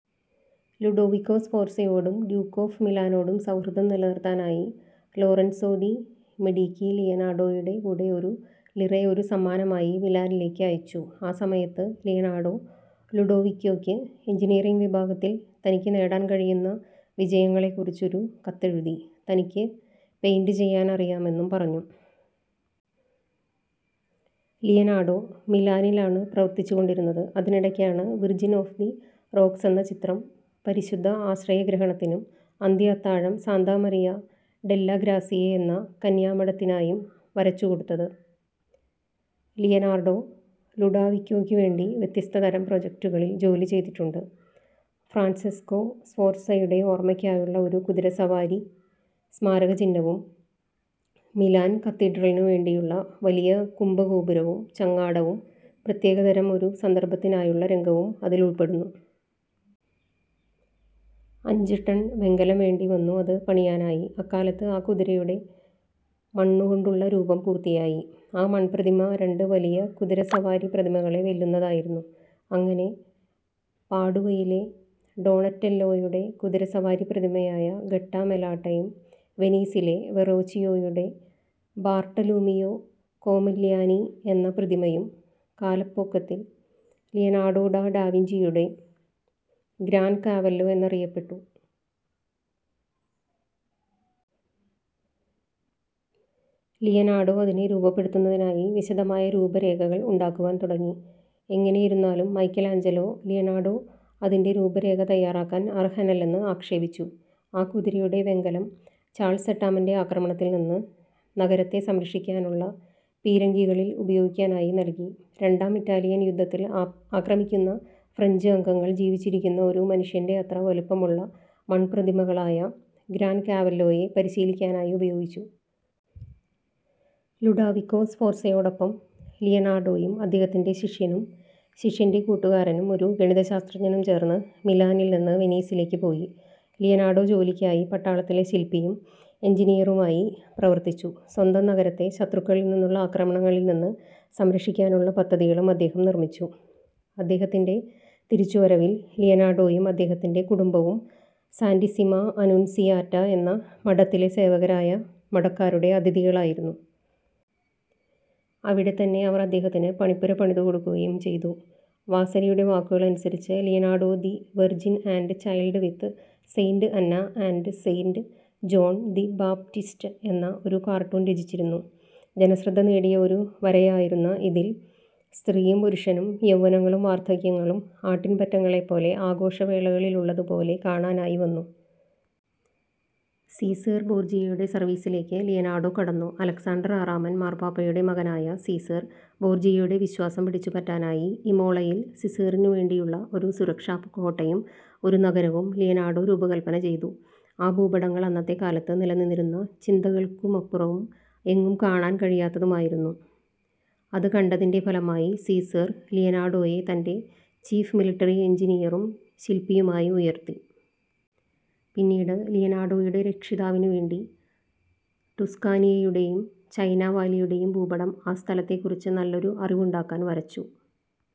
Ludovico സ്ഫോർസയോടും duke of മിലാനോടും സൗഹൃദം നിലനിർത്താനായി ലോറൻസോ ഡി മെഡികി ലിയനാർഡോയുടെ കൂടെ ഒരു ലിറെ ഒരു സമ്മാനമായി മിലാനിലേക്ക് അയച്ചു. ആ സമയത്ത് ലിയനാർഡോ ലുഡോവിക്കോയ്ക്ക് എഞ്ചിനീയറിങ് വിഭാഗത്തിൽ തനിക്ക് നേടാൻ കഴിയുന്ന വിജയങ്ങളെക്കുറിച്ച് ഒരു കത്തെഴുതി. തനിക്ക് പെയിന്റ് ചെയ്യാനുമറിയാമെന്നും പറഞ്ഞു. ലിയനാർഡോ ഈ നാടു മിലാനിലാണ് പ്രവർത്തിച്ചുകൊണ്ടിരുന്നത്. അതിനിടയ്ക്കാണ് വിർജിൻ ഓഫ് ദി റോക്ക്സ് എന്ന ചിത്രം പരിശുദ്ധ ആശയഗ്രഹണത്തിനും, അന്ത്യ അത്താഴം സാന്താ മറിയ ഡെല്ലെ ഗ്രാസിയേ എന്ന കന്യാമഠത്തിനായും വരച്ചുകൊടുത്തത്. ലിയനാർഡോ ലുഡോവിക്കോയ്ക്കുവേണ്ടി വ്യത്യസ്തതരം പ്രോജക്റ്റുകളിൽ ജോലിചെയ്തിട്ടുണ്ട്. ഫ്രാൻസെസ്കോ സ്ഫോർസയുടെ ഓർമ്മയ്ക്കായുള്ള ഒരു കുതിരസവാരി സ്മാരകചിഹ്നവും, മിലാൻ കത്തീഡ്രലിനുവേണ്ടിയുള്ള വലിയ കുംഭഗോപുരവും, ചങ്ങാടവും പ്രത്യേകതരം ഒരു സന്ദർഭത്തിനായുള്ള രംഗവും അതിലുൾപ്പെടുന്നു. അഞ്ച് ടൺ വെങ്കലം വേണ്ടി വന്നു അത് പണിയാനായി. അക്കാലത്ത് ആ കുതിരയുടെ മണ്ണുകൊണ്ടുള്ള രൂപം പൂർത്തിയായി. ആ മൺപ്രതിമ രണ്ട് വലിയ കുതിരസവാരി പ്രതിമകളെ വെല്ലുന്നതായിരുന്നു. അങ്ങനെ പാഡുവയിലെ ഡോണറ്റെല്ലോയുടെ കുതിരസവാരി പ്രതിമയായ ഗട്ടാമെലാട്ടയും, വെനീസിലെ വെറോച്ചിയോയുടെ ബാർട്ടലൂമിയോ കോല്ല്യോനി എന്ന പ്രതിമയും കാലപ്പോകത്തിൽ ലിയനാർഡോ ഡാ വിഞ്ചിയുടെ ഗ്രാൻ കാവല്ലോ എന്നറിയപ്പെട്ടു. ലിയനാർഡോ അതിനെ രൂപപ്പെടുത്തുന്നതിനായി വിശദമായ രൂപരേഖകൾ ഉണ്ടാക്കുവാൻ തുടങ്ങി. എങ്ങനെയിരുന്നാലും മൈക്കലാഞ്ചലോ, ലിയനാർഡോ അതിൻ്റെ രൂപരേഖ തയ്യാറാക്കാൻ അർഹനല്ലെന്ന് ആക്ഷേപിച്ചു.ആ കുതിരയുടെ വെങ്കലം ചാൾസ് എട്ടാമൻ്റെ ആക്രമണത്തിൽ നിന്ന് നഗരത്തെ സംരക്ഷിക്കാനായുള്ള പീരങ്കികളിൽ ഉപയോഗിക്കാനായി നൽകി. രണ്ടാം ഇറ്റാലിയൻ യുദ്ധത്തിൽ ആക്രമിക്കുന്ന ഫ്രഞ്ച് അംഗങ്ങൾ ജീവിച്ചിരിക്കുന്ന ഒരു മനുഷ്യൻ്റെ അത്ര വലിപ്പമുള്ള മൺപ്രതിമകളായ ഗ്രാൻ കാവല്ലോയെ പരിശീലിക്കാനായി ഉപയോഗിച്ചു. ലുഡോവികോ സ്ഫോർസയോടൊപ്പം ലിയനാർഡോയും അദ്ദേഹത്തിൻ്റെ ശിഷ്യനും, ശിഷ്യൻ്റെ കൂട്ടുകാരനും, ഒരു ഗണിതശാസ്ത്രജ്ഞനും ചേർന്ന് മിലാനിൽ നിന്ന് വെനീസിലേക്ക് പോയി. ലിയനാർഡോ ജോലിക്കായി പട്ടാളത്തിലെ ശിൽപ്പിയും എഞ്ചിനീയറുമായി പ്രവർത്തിച്ചു. സ്വന്തം നഗരത്തെ ശത്രുക്കളിൽ നിന്നുള്ള ആക്രമണങ്ങളിൽ നിന്ന് സംരക്ഷിക്കാനായുള്ള പദ്ധതികളും അദ്ദേഹം നിർമ്മിച്ചു. അദ്ദേഹത്തിൻ്റെ തിരിച്ചുവരവിൽ ലിയനാർഡോയും അദ്ദേഹത്തിൻ്റെ കുടുംബവും സാന്റിസ്സിമാ അനുൻസിയാറ്റാ എന്ന മഠത്തിലെ സേവകരായ മഠക്കാരുടെ അതിഥികളായിരുന്നു. അവിടെത്തന്നെ അവർ അദ്ദേഹത്തിന് പണിപ്പുര പണിതുകൊടുക്കുകയും ചെയ്തു. വാസരിയുടെ വാക്കുകളനുസരിച്ച് Leonardo the Virgin and Child with Saint Anna and Saint John the Baptist എന്ന ഒരു കാർട്ടൂൺ രചിച്ചിരുന്നു. ജനശ്രദ്ധ നേടിയ ഒരു വരയായിരുന്ന ഇതിൽ സ്ത്രീയും പുരുഷനും, യൗവനങ്ങളും വാർദ്ധക്യങ്ങളും ആട്ടിൻപറ്റങ്ങളെ പോലെ ആഘോഷവേളകളിലുള്ളതുപോലെ കാണാനായി വന്നു. സീസേർ ബോർജിയയുടെ സർവീസിലേക്ക് ലിയനാർഡോ കടന്നു. അലക്സാണ്ടർ ആറാമൻ മാർപ്പാപ്പയുടെ മകനായ സീസേർ ബോർജിയയുടെ വിശ്വാസം പിടിച്ചുപറ്റാനായി ഇമോളയിൽ സീസേറിനുവേണ്ടിയുള്ള ഒരു സുരക്ഷാകോട്ടയും ഒരു നഗരവും ലിയനാർഡോ രൂപകൽപ്പന ചെയ്തു.ആ ഭൂപടങ്ങൾ അന്നത്തെ കാലത്ത് നിലനിന്നിരുന്ന ചിന്തകൾക്കുമപ്പുറവും എങ്ങും കാണാൻ കഴിയാത്തതുമായിരുന്നു. അത് കണ്ടതിൻ്റെ ഫലമായി സീസേർ ലിയനാർഡോയെ തൻ്റെ ചീഫ് മിലിട്ടറി എഞ്ചിനീയറും ശിൽപ്പിയുമായി ഉയർത്തി. പിന്നീട് ലിയനാർഡോയുടെ രക്ഷിതാവിനുവേണ്ടി ടുസ്കാനിയയുടെയും ചൈനാ വാലിയുടെയും ഭൂപടം ആ സ്ഥലത്തെക്കുറിച്ച് നല്ലൊരു അറിവുണ്ടാക്കാൻ വരച്ചു.